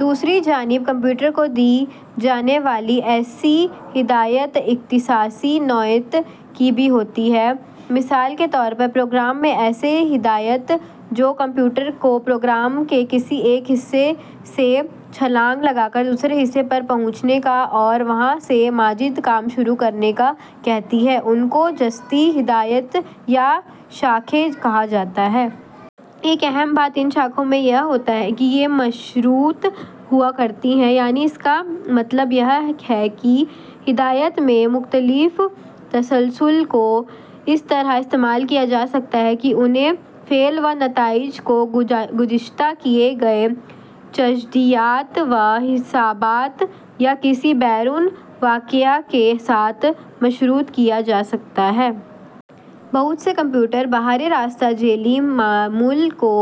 دوسری جانب کمپیوٹر کو دی جانے والی ایسی ہدایات اختصاصی نوعیت کی بھی ہوتی ہیں۔ مثال کے طور پر پروگرام میں ایسی ہدایات جو کمپیوٹر کو پروگرام کے کسی ایک حصے سے چھلانگ لگا کر دوسرے حصے پر پہنچنے کا اور وہاں سے مزید کام شروع کرنے کا کہتی ہیں، ان کو جستی ہدایات یا شاخیں کہا جاتا ہے۔ ایک اہم بات ان شاخوں میں یہ ہوتی ہے کہ یہ مشروط ہوا کرتی ہیں، یعنی اس کا مطلب یہ ہوا کہ ہدایات کے مختلف تسلسل کو اس طرح استعمال کیا جا سکتا ہے کہ ان کے فعل و نتائج کو گزشتہ کیے گئے تجزیات و حسابات یا کسی بیرونی واقعہ کے ساتھ مشروط کیا جا سکتا ہے۔ بہت سے کمپیوٹر براہِ راست ذیلی معمول کو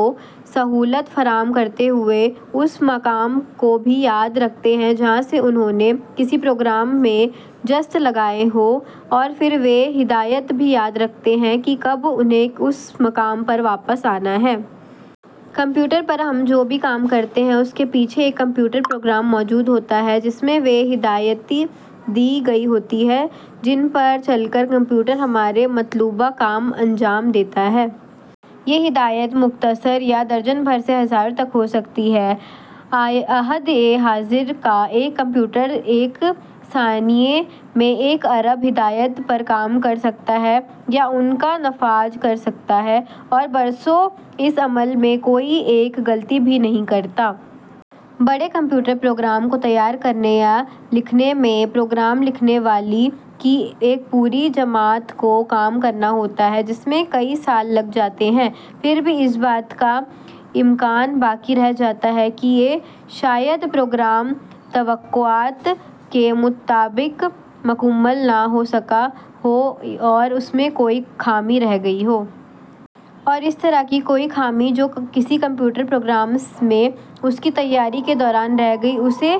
سہولت فراہم کرتے ہوئے اس مقام کو بھی یاد رکھتے ہیں جہاں سے انھوں نے کسی پروگرام میں جست لگائی ہو، اور پھر وہ ہدایت بھی یاد رکھتے ہیں کہ کب انھیں اس مقام پر واپس آنا ہے۔ کمپیوٹر پر ہم جو بھی کام کرتے ہیں، اس کے پیچھے ایک کمپیوٹر پروگرام موجود ہوتا ہے جس میں وہ ہدایات دی گئی ہوتی ہیں جن پر چل کر کمپیوٹر ہمارے مطلوبہ کام انجام دیتا ہے۔ یہ ہدایات مختصر یا درجن بھر سے ہزاروں تک ہو سکتی ہیں۔ عہد حاضر کا ایک کمپیوٹر ایک ثانیے میں ایک ارب ہدایات پر کام کر سکتا ہے یا ان کا نفاذ کر سکتا ہے، اور برسوں اس عمل میں کوئی ایک غلطی بھی نہیں کرتا۔ بڑے کمپیوٹر پروگرام کو تیار کرنے یا لکھنے میں پروگرام لکھنے والوں کی ایک پوری جماعت کو کام کرنا ہوتا ہے، جس میں کئی سال لگ جاتے ہیں۔ پھر بھی اس بات کا امکان باقی رہ جاتا ہے کہ شاید پروگرام توقعات کے مطابق مکمل نہ ہو سکا ہو اور اس میں کوئی خامی رہ گئی ہو۔ اور اس طرح کی کوئی خامی جو کسی کمپیوٹر پروگرام میں اس کی تیاری کے دوران رہ گئی ہو، اسے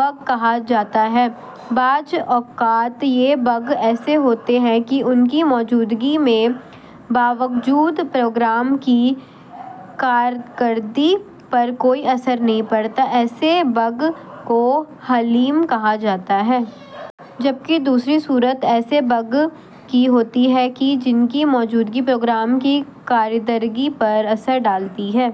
بگ کہا جاتا ہے۔ بعض اوقات یہ بگ ایسے ہوتے ہیں کہ ان کی موجودگی کے باوجود پروگرام کی کارکردگی پر کوئی اثر نہیں پڑتا، ایسے بگ کو حلیم کہا جاتا ہے۔ جبکہ دوسری صورت ایسے بگ کی ہوتی ہے کہ جن کی...